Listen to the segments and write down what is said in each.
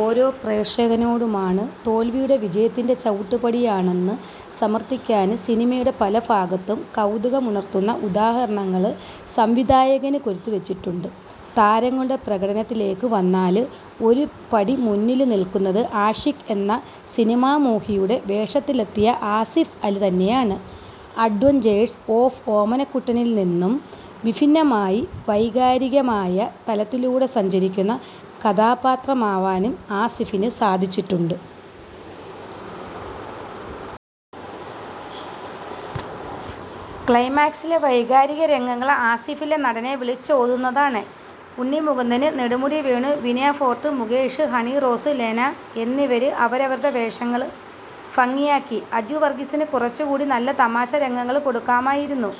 ഓരോ പ്രേക്ഷകനോടുമാണ്. തോല്വി വിജയത്തിന്റെ ചവിട്ടുപടിയാണെന്ന് സമര്ഥിക്കാന് സിനിമയുടെ പലഭാഗത്തും കൗതുകമുണര്ത്തുന്ന ഉദാഹരണങ്ങള് സംവിധായകന് കൊരുത്തുവച്ചിട്ടുണ്ട്. താരങ്ങളുടെ പ്രകടനത്തിലേക്ക് വന്നാല് ഒരുപടി മുന്നില് നില്ക്കുന്നത് ആഷിക് എന്ന് സിനിമാമോഹിയുടെ വേഷത്തിലെത്തിയ ആസിഫ് അലി തന്നെയാണ്. അഡ്വെഞ്ചേഴ്സ് ഓഫ് ഓമനക്കുട്ടനില് നിന്നും വിഭിന്നമായി വൈകാരികമായ തലത്തിലൂടെ സഞ്ചരിക്കുന്ന കഥാപാത്രമാവാന് ആസിഫിന് സാധിച്ചിട്ടുണ്ട്. ക്ലൈമാക്സിലെ വൈകാരിക രംഗങ്ങള് ആസിഫിലെ നടനെ വിളിച്ചോതുന്നതാണ്. ഉണ്ണി മുകുന്ദന്, നെടുമുടി വേണു, വിനയ്ഫോര്ട്ട്, മുകേഷ്, ഹണിറോസ്, ലെന എന്നിവര് അവരവരുടെ വേഷങ്ങള് ഭംഗിയാക്കി. അജു വര്ഗീസിന് കുറച്ചുകൂടി നല്ല തമാശരംഗങ്ങള് കൊടുക്കാമായിരുന്നു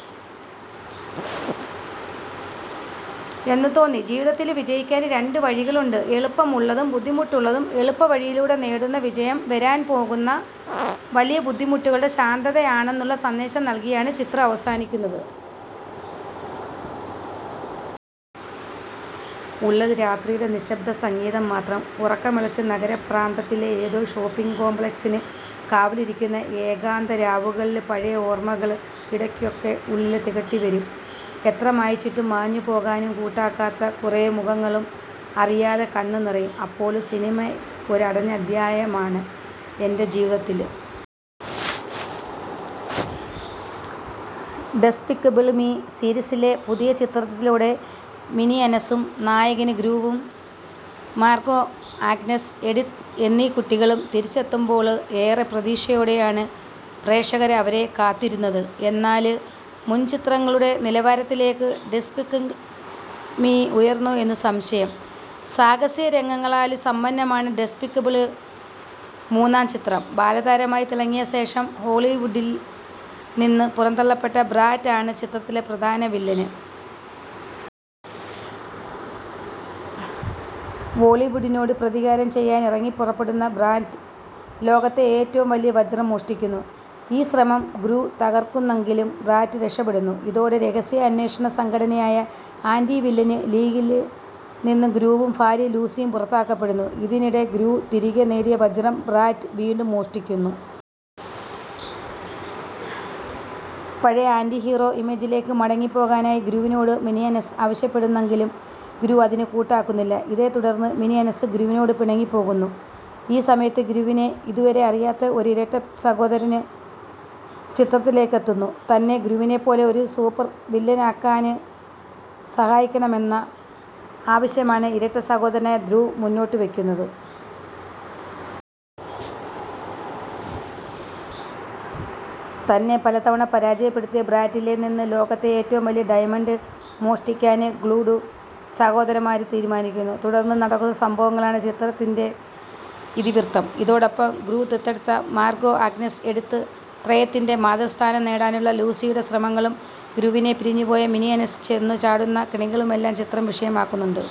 എന്നു തോന്നി. ജീവിതത്തില് വിജയിക്കാന് രണ്ട് വഴികളുണ്ട്. എളുപ്പമുള്ളതും ബുദ്ധിമുട്ടുള്ളതും. എളുപ്പവഴിയിലൂടെ നേടുന്ന വിജയം വരാന് പോകുന്ന വലിയ ബുദ്ധിമുട്ടുകളുടെ ശാന്തതയാണെന്നുള്ള സന്ദേശം നല്കിയാണ് ചിത്രം അവസാനിക്കുന്നത്. ഉള്ളത് രാത്രിയുടെ നിശബ്ദസംഗീതം മാത്രം. ഉറക്കമിളച്ച്, നഗരപ്രാന്തത്തിലെ ഏതോ ഷോപ്പിംഗ് കോംപ്ലക്സിനു കാവലിരിക്കുന്ന ഏകാന്ത രാവുകളില് പഴയ ഓര്മ്മകള് ഇടയ്ക്കൊക്കെ ഉള്ളില് തികട്ടി വരും; എത്ര മായ്ച്ചിട്ടും മാഞ്ഞു പോകാന് കൂട്ടാക്കാത്ത കുറെ മുഖങ്ങളും. അറിയാതെ കണ്ണ് നിറയും അപ്പോള്. ''സിനിമ ഒരു അടഞ്ഞ അധ്യായമാണ് എന്റെ ജീവിതത്തില്. ഡെസ്പിക്കബിള് മി സീരീസിലെ പുതിയ ചിത്രത്തിലൂടെ മിനിയന്സും നായകന് ഗ്രൂവും മാര്ഗോ, ആഗ്നസ്, എഡിത്ത് എന്നീ കുട്ടികളും തിരിച്ചെത്തുമ്പോള് ഏറെ പ്രതീക്ഷയോടെയാണ് പ്രേക്ഷകര് അവരെ കാത്തിരുന്നത്. എന്നാല്, മുന് ചിത്രങ്ങളുടെ നിലവാരത്തിലേക്ക് ഡെസ്പിക്കബിള് മി ഉയര്ന്നോ എന്ന് സംശയം. സാഹസിക രംഗങ്ങളാല് സമ്പന്നമാണ് ഡെസ്പിക്കബിള് മൂന്നാം ചിത്രം. ബാലതാരമായി തിളങ്ങിയ ശേഷം ഹോളിവുഡില് നിന്ന് പുറന്തള്ളപ്പെട്ട ബ്രാറ്റ് ആണ് ചിത്രത്തിലെ പ്രധാനവില്ലന്. ഹോളിവുഡിനോട് പ്രതികാരം ചെയ്യാന് ഇറങ്ങിപ്പുറപ്പെടുന്ന ബ്രാറ്റ് ലോകത്തെ ഏറ്റവും വലിയ വജ്രം മോഷ്ടിക്കുന്നു. ഈ ശ്രമം ഗ്രൂ തകര്ക്കുന്നെങ്കിലും ബ്രാറ്റ് രക്ഷപ്പെടുന്നു. ഇതോടെ രഹസ്യാന്വേഷണ സംഘടനയായ ആന്റി വില്ലന് ലീഗില് നിന്ന് ഗ്രൂവും ഭാര്യ ലൂസിയും പുറത്താക്കപ്പെടുന്നു. ഇതിനിടെ ഗ്രൂ തിരികെ നേടിയ വജ്രം ബ്രാറ്റ് വീണ്ടും മോഷ്ടിക്കുന്നു. പഴയ ആന്റി ഹീറോ ഇമേജിലേക്ക് മടങ്ങിപ്പോകാന് ഗ്രൂവിനോട് മിനിയന്സ് ആവശ്യപ്പെടുന്നെങ്കിലും ഗ്രൂ ഇതിന് കൂട്ടാക്കുന്നില്ല. ഇതേത്തുടര്ന്ന് മിനിയന്സ് ഗ്രൂവിനോട് പിണങ്ങിപ്പോകുന്നു. ഈ സമയത്ത് ഗ്രൂവിന് ഇതുവരെ അറിയാത്ത ഒരു ഇരട്ട സഹോദരന് ചിത്രത്തിലേക്ക് എത്തുന്നു. തന്നെ ഗ്രൂവിനെപ്പോലെ ഒരു സൂപ്പര് വില്ലനാകാന് സഹായിക്കണമെന്ന ആവശ്യമാണ് ഇരട്ട സഹോദരനായ ഡ്രൂ മുന്നോട്ടുവെക്കുന്നത്. തന്നെ പലതവണ പരാജയപ്പെടുത്തിയ ബ്രാറ്റില് നിന്ന് ലോകത്തെ ഏറ്റവും വലിയ ഡയമണ്ട് മോഷ്ടിക്കാന് ഗ്രൂഡ്രൂ സഹോദരന്മാര് തീരുമാനിക്കുന്നു. തുടര്ന്ന് നടക്കുന്ന സംഭവങ്ങളാണ് ചിത്രത്തിന്റെ ഇതിവൃത്തം. ഇതോടൊപ്പം, ഗ്രൂ ദത്തെടുത്ത മാര്ഗോആഗ്നസ്എഡിത്ത് ത്രയത്തിന്റെ മാതൃസ്ഥാനം നേടാനുള്ള ലൂസിയുടെ ശ്രമങ്ങളും ഗ്രൂവിനെ പിരിഞ്ഞുപോയ മിനിയന്സ് ചെന്നുചാടുന്ന കെണികളുമെല്ലാം ചിത്രം വിഷയമാക്കുന്നുണ്ട്.